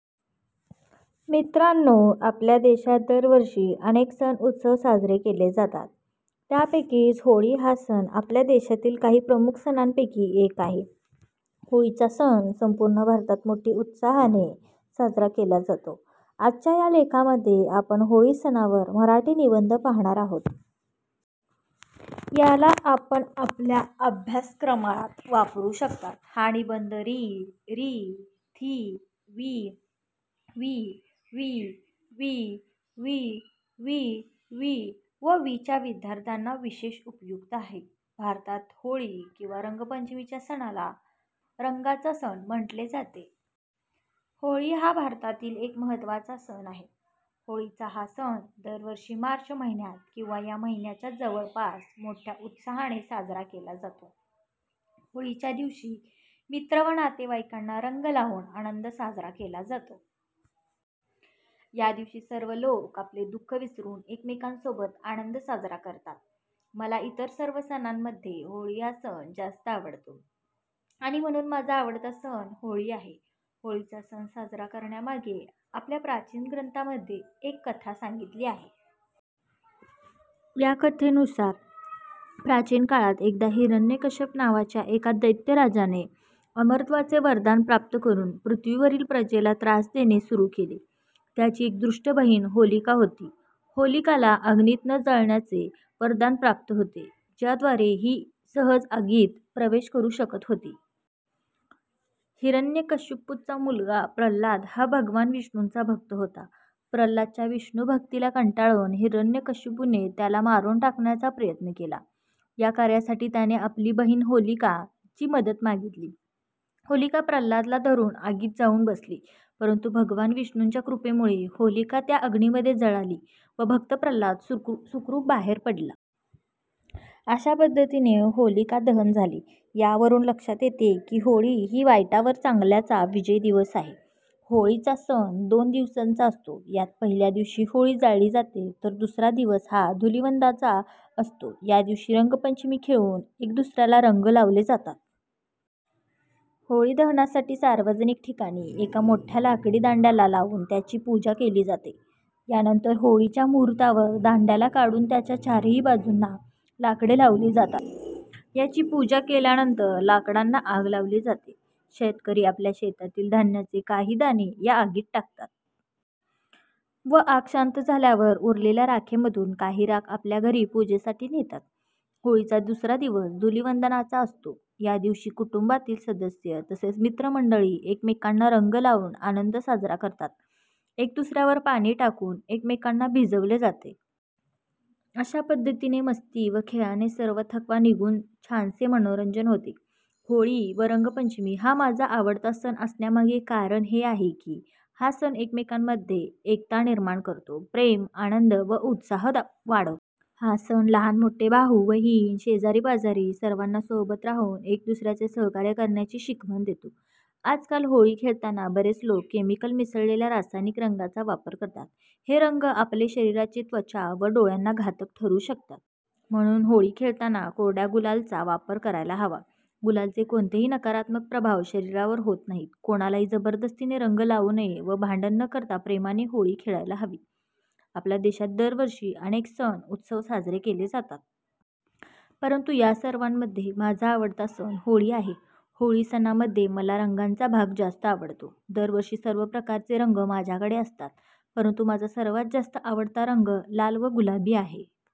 मित्रांनो आपल्या देशात दरवर्षी अनेक सण उत्सव साजरे केले जातात. त्यापैकीच होळी हा सण आपल्या देशातील काही प्रमुख सणांपैकी एक आहे. होळीचा सण संपूर्ण भारतात मोठी उत्साहाने साजरा केला जातो. आजच्या या लेखामध्ये आपण होळी सणावर मराठी निबंध पाहणार आहोत. या ला आपण आपल्या अभ्यास क्रमात वापरू शकतात. हा निबंध री, री, थी, वी, वी, वी, वी, वी, वी, वी व वीच्या विद्यार्थ्याना विशेष उपयुक्त आहे. भारतात होळी किंवा रंगपंचमीच्या सणाला रंगांचा सण म्हटले जाते. होळी हा भारतातील एक महत्त्वाचा सण आहे. होळीचा हा सण दर वर्षी मार्च महिन्यात किंवा या महिन्याच्या जवळपास मोठ्या उत्साहाने साजरा केला जातो. होळीच्या दिवशी मित्र व नातेवाईकांना रंग लावून आनंद साजरा केला जातो. या दिवशी सर्व लोक आपले दुःख विसरून एकमेकांसोबत आनंद साजरा करतात. मला इतर सर्व सणांमध्ये होळी हा सण जास्त आवडतो. आणि म्हणून माझा आवडता सण होळी आहे. होळीचा सण साजरा करण्यामागे आपल्या प्राचीन ग्रंथांमध्ये एक कथा सांगितली आहे. या कथेनुसार प्राचीन काळात एकदा हिरण्यकश्यप नावाच्या एका दैत्य राजाने अमरत्वाचे वरदान प्राप्त करून पृथ्वीवरील प्रजेला त्रास देणे सुरू केले. त्याची एक दृष्ट बहिण 'होलिका' होती. होलिकाला अग्नीत न जळण्याचे वरदान प्राप्त होते, ज्याद्वारे की सहज आगीत प्रवेश करू शकत होती. हिरण्यकश्यपूचा मुलगा प्रल्हाद हा भगवान विष्णूंचा भक्त होता. प्रल्हादच्या विष्णु भक्तीला कंटाळून हिरण्यकश्यपूने त्याला मारून टाकण्याचा प्रयत्न केला. या कार्यासाठी त्याने आपली बहिण होलिका ची मदत मागितली. होलिका प्रल्हाद ला धरून आगीत जाऊन बसली, परंतु भगवान विष्णुच्या कृपेमुळे होलिका त्या अग्निमध्ये जळाली व भक्त प्रल्हाद सुखरूप बाहेर पडला. अशा पद्धतीने होलिका दहन झाले. यावरून लक्षात येते की होळी ही वाईटावर चांगल्याचा विजय दिवस आहे. होळी चा सण दोन दिवसांचा असतो यात पहिल्या दिवशी होळी जाळली जाते तर दुसरा दिवस हा धुलीवंदनाचा असतो या दिवशी रंगपंचमी खेळून एक दुसऱ्याला रंग लावले जातात. होळी दहनासाठी सार्वजनिक ठिकाणी एका मोठ्या लाकडी दांड्याला लाऊन त्याची पूजा केली जाते. यानंतर होळीच्या मुहूर्तावर दांड्याला काढून त्याच्या चारही बाजूंना लाकडे लावली जातात. याची पूजा केल्यानंतर लाकडांना आग लावली जाते. शेतकरी आपल्या शेतातील धान्याचे काही दाणे या आगीत टाकतात. व आग शांत झाल्यावर उरलेल्या राखेमधून काही राख आपल्या घरी पूजेसाठी नेतात. होळीचा दुसरा दिवस धुलीवंदनाचा असतो. या दिवशी कुटुंबातील सदस्य तसेच मित्रमंडळी एकमेकांना रंग लावून आनंद साजरा करतात. एक दुसऱ्यावर पाणी टाकून एकमेकांना भिजवले जाते. अशा पद्धतीने मस्ती व खेळाने सर्व थकवा निघून छानसे मनोरंजन होते. होळी व रंगपंचमी हा माझा आवडता सण असण्यामागे कारण हे आहे की हा सण एक-मेकांमध्ये एकता निर्माण करतो, प्रेम, आनंद व उत्साह वाढवतो. हा सण लहान मोठे, भाऊ बहीण, शेजारी-पाजारी सर्वांना सोबत राहून एक दुसऱ्याचे सहकार्य करण्याची शिकवण देतो. आज-काल होळी खेळताना बरेच लोक केमिकल मिसळलेल्या रासायनिक रंगांचा वापर करतात, हे रंग आपले शरीराची त्वचा व डोळ्यांना घातक ठरू शकतात. म्हणून होळी खेळताना कोरड्या गुलाल चा वापर करायला हवा. गुलाल चे कोणतेही नकारात्मक प्रभाव शरीरावर होत नाही. कोणालाही जबरदस्तीने रंग लावू नये व भांडण न करता प्रेमाने होळी खेळायला हवी. आपल्या देशात दर वर्षी अनेक सण उत्सव साजरे केले जातात. परंतु या सर्वांमध्ये माझा आवडता सण होळी आहे. होळी सणामध्ये मला रंगांचा भाग जास्त आवडतो. दरवर्षी सर्व प्रकारचे रंग माझ्याकडे असतात. परंतु माझा सर्वात जास्त आवडता रंग लाल व गुलाबी आहे.